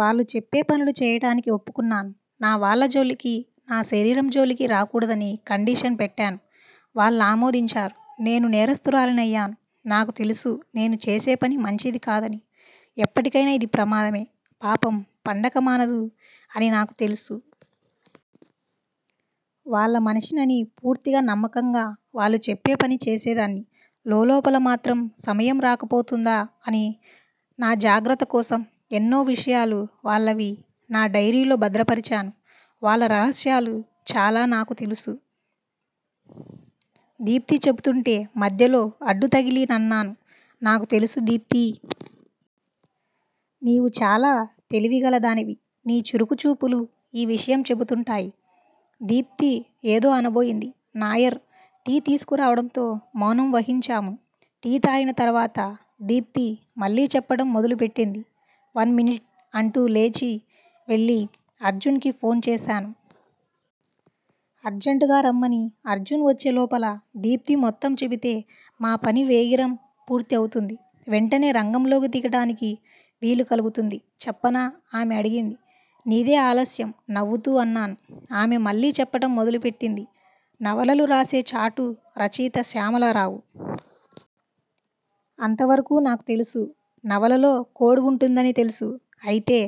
వాళ్లు చెప్పే పనులు చేయటానికి ఒప్పుకున్నాను. నా వాళ్ళ జోలికి, నా శరీరం జోలికి రాకూడదని కండిషన్ పెట్టాను. వాళ్ళు ఆమోదించారు. నేను నేరస్తురాలినయ్యాను. నాకు తెలుసు నేను చేసేపని మంచిది కాదని. ఎప్పటికైనా ఇది ప్రమాదమే. పాపం పండక మానదు అని నాకు తెలుసు. వాళ్ళ మనిషినని పూర్తిగా నమ్మకంగా వాళ్ళు చెప్పేపని చేసేదాన్ని. లోలోపల మాత్రం సమయం రాకపోతుందా అని నా జాగ్రత్తకోసం ఎన్నో విషయాలు వాళ్ళవి నా డైరీలో భద్రపరిచాను. వాళ్ళ రహస్యాలు చాలా నాకు తెలుసు. దీప్తి చెపుతుంటే మధ్యలో అడ్డుతగిలి అన్నాను. నాకు తెలుసు దీప్తీ! నీవు చాలా తెలివికలదానివి. నీ చురుకు చూపులు ఈ విషయం చెపుతుంటాయి. దీప్తి ఏదో అనబోయింది. నాయర్ టీ తీసుకురావడంతో మౌనం వహించాము. టీ తాగిన తరువాత దీప్తి మళ్ళీ చెప్పటం మొదలు పెట్టింది. One minute! అంటూ లేచి వెళ్ళి అర్జున్ కి ఫోన్ చేశాను. అర్జంట్ గా రమ్మని. అర్జున్ వచ్చే లోపల దీప్తి మొత్తం చెపితే మా పని వేగిరం పూర్తి అవుతుంది. వెంటనే రంగంలోకి దిగటానికి వీలు కలుగుతుంది. చెప్పనా? ఆమె అడిగింది. నీదే ఆలశ్యం నవ్వుతూ అన్నాను. ఆమె మళ్ళీ చెప్పటం మొదలు పెట్టింది. నవలలు రాసే చాటు రచయిత శ్యామలరావు. అంతవరకూ నాకు తెలుసు. నవలలో కోడ్ వుంటుందని తెలుసు. అయితే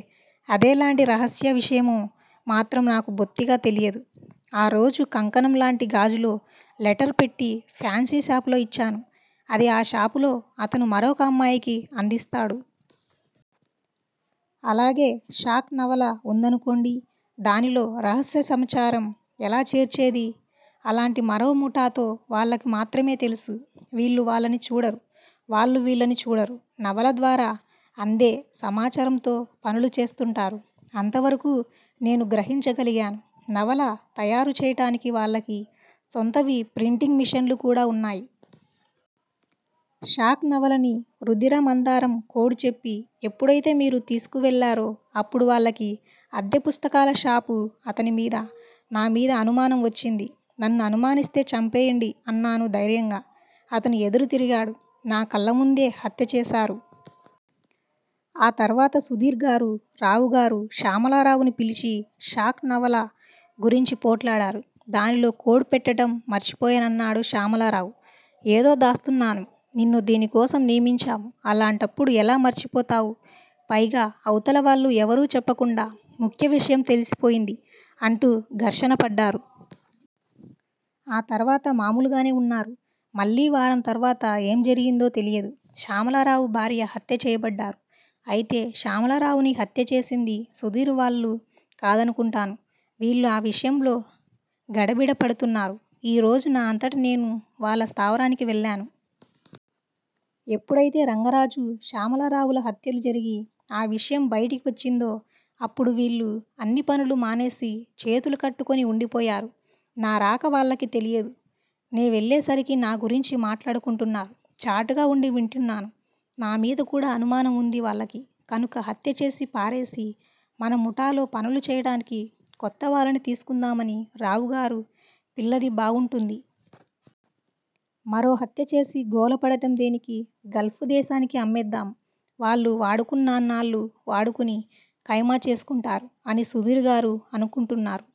అదే లాంటి రహస్య విషయమో మాత్రం నాకు బొత్తిగా తెలియదు. ఆ రోజు కంకణం లాంటి గాజులో లెటర్ పెట్టి ఫ్యాన్సీ షాపులో ఇచ్చాను. అది ఆ షాపులో అతను మరొక అమ్మాయికి అందిస్తాడు. అలాగే షాక్ నవల వుందనుకోండి. దానిలో రహస్య సమాచారం ఎలా చేర్చేది అలాంటి మరో ముఠాతో వాళ్లకి మాత్రమే తెలుసు. వీళ్ళు వాళ్ళని చూడరు. వాళ్ళు వీళ్ళని చూడరు. నవల ద్వారా అందే సమాచారంతో పనులు చేస్తుంటారు. అంతవరకూ నేను గ్రహించ గలిగాను. నవల తయారు చేయటానికి వాళ్ళకి సొంతవి ప్రింటింగ్ మిషన్లు కూడా వున్నాయి. షాక్ నవలని రుధిర మందారం కోడ్ చెప్పి ఎప్పుడైతే మీరు తీసుకు వెళ్ళారో అప్పుడు వాళ్ళకి అద్దె పుస్తకాల షాపు అతని మీద, నా మీద అనుమానం వచ్చింది. నన్ను అనుమానిస్తే చంపేయండి అన్నాను ధైర్యంగా. అతను ఎదురు తిరిగాడు. నా కళ్ళముందే హత్య చేశారు. ఆ తర్వాత సుధీర్ గారు, రావుగారు, శ్యామలరావుని పిలిచి షాక్ నవల గురించి పోట్లాడారు. దానిలో కోడ్ పెట్టటం మర్చిపోయానన్నాడు శ్యామలరావు. ఏదో దాస్తున్నావు నిన్ను దీనికోసం నియమించాము. అలాంటప్పుడు ఎలా మర్చిపోతావు? పైగా అవతల వాళ్ళు ఎవరూ చెప్పకుండా ముఖ్య విషయం తెలిసిపోయింది. అంటూ ఘర్షణ పడ్డారు. ఆ తర్వాత మామూలుగానే వున్నారు. మళ్ళీ వారం తర్వాత ఏం జరిగిందో తెలియదు. శ్యామలరావు భార్య హత్య చేయబడ్డారు. అయితే శ్యామలరావుని హత్య చేసింది సుధీర్ వాళ్ళు కాదనుకుంటాను. వీళ్ళు ఆ విషయంలో గడబిడ పడుతున్నారు. ఈరోజు నా అంతట నేను వాళ్ళ స్థావరానికి వెళ్లాను. ఎప్పుడయితే రంగరాజు శ్యామలరావుల హత్యలు జరిగి ఆ విషయం బైటికి వచ్చిందో అప్పుడు వీళ్ళు అన్ని పనులు మానేసి చేతులు కట్టుకుని వుండిపోయారు. నా రాక వాళ్ళకి తెలియదు. నే వెళ్ళేసరికి నా గురించి మాట్లాడుకుంటున్నారు. చాటుగా వుండి వింటున్నాను. నా మీద కూడా అనుమానం వుంది వాళ్ళకి కనుక హత్య చేసి పారేసి మన ముఠాలో పనులు చేయటానికి కొత్త వాళ్ళని తీసుకుందామని రావుగారు, పిల్లది బాగుంటుంది. మరో హత్యచేసి గోల పడటం దేనికి! గల్ఫ్ దేశానికి అమ్మేద్దాము. వాళ్ళు వాడుకున్నాన్నాళ్ళు వాడుకుని కైమా చేసుకుంటారు. అని సుధీర్ గారు అనుకుంటున్నారు.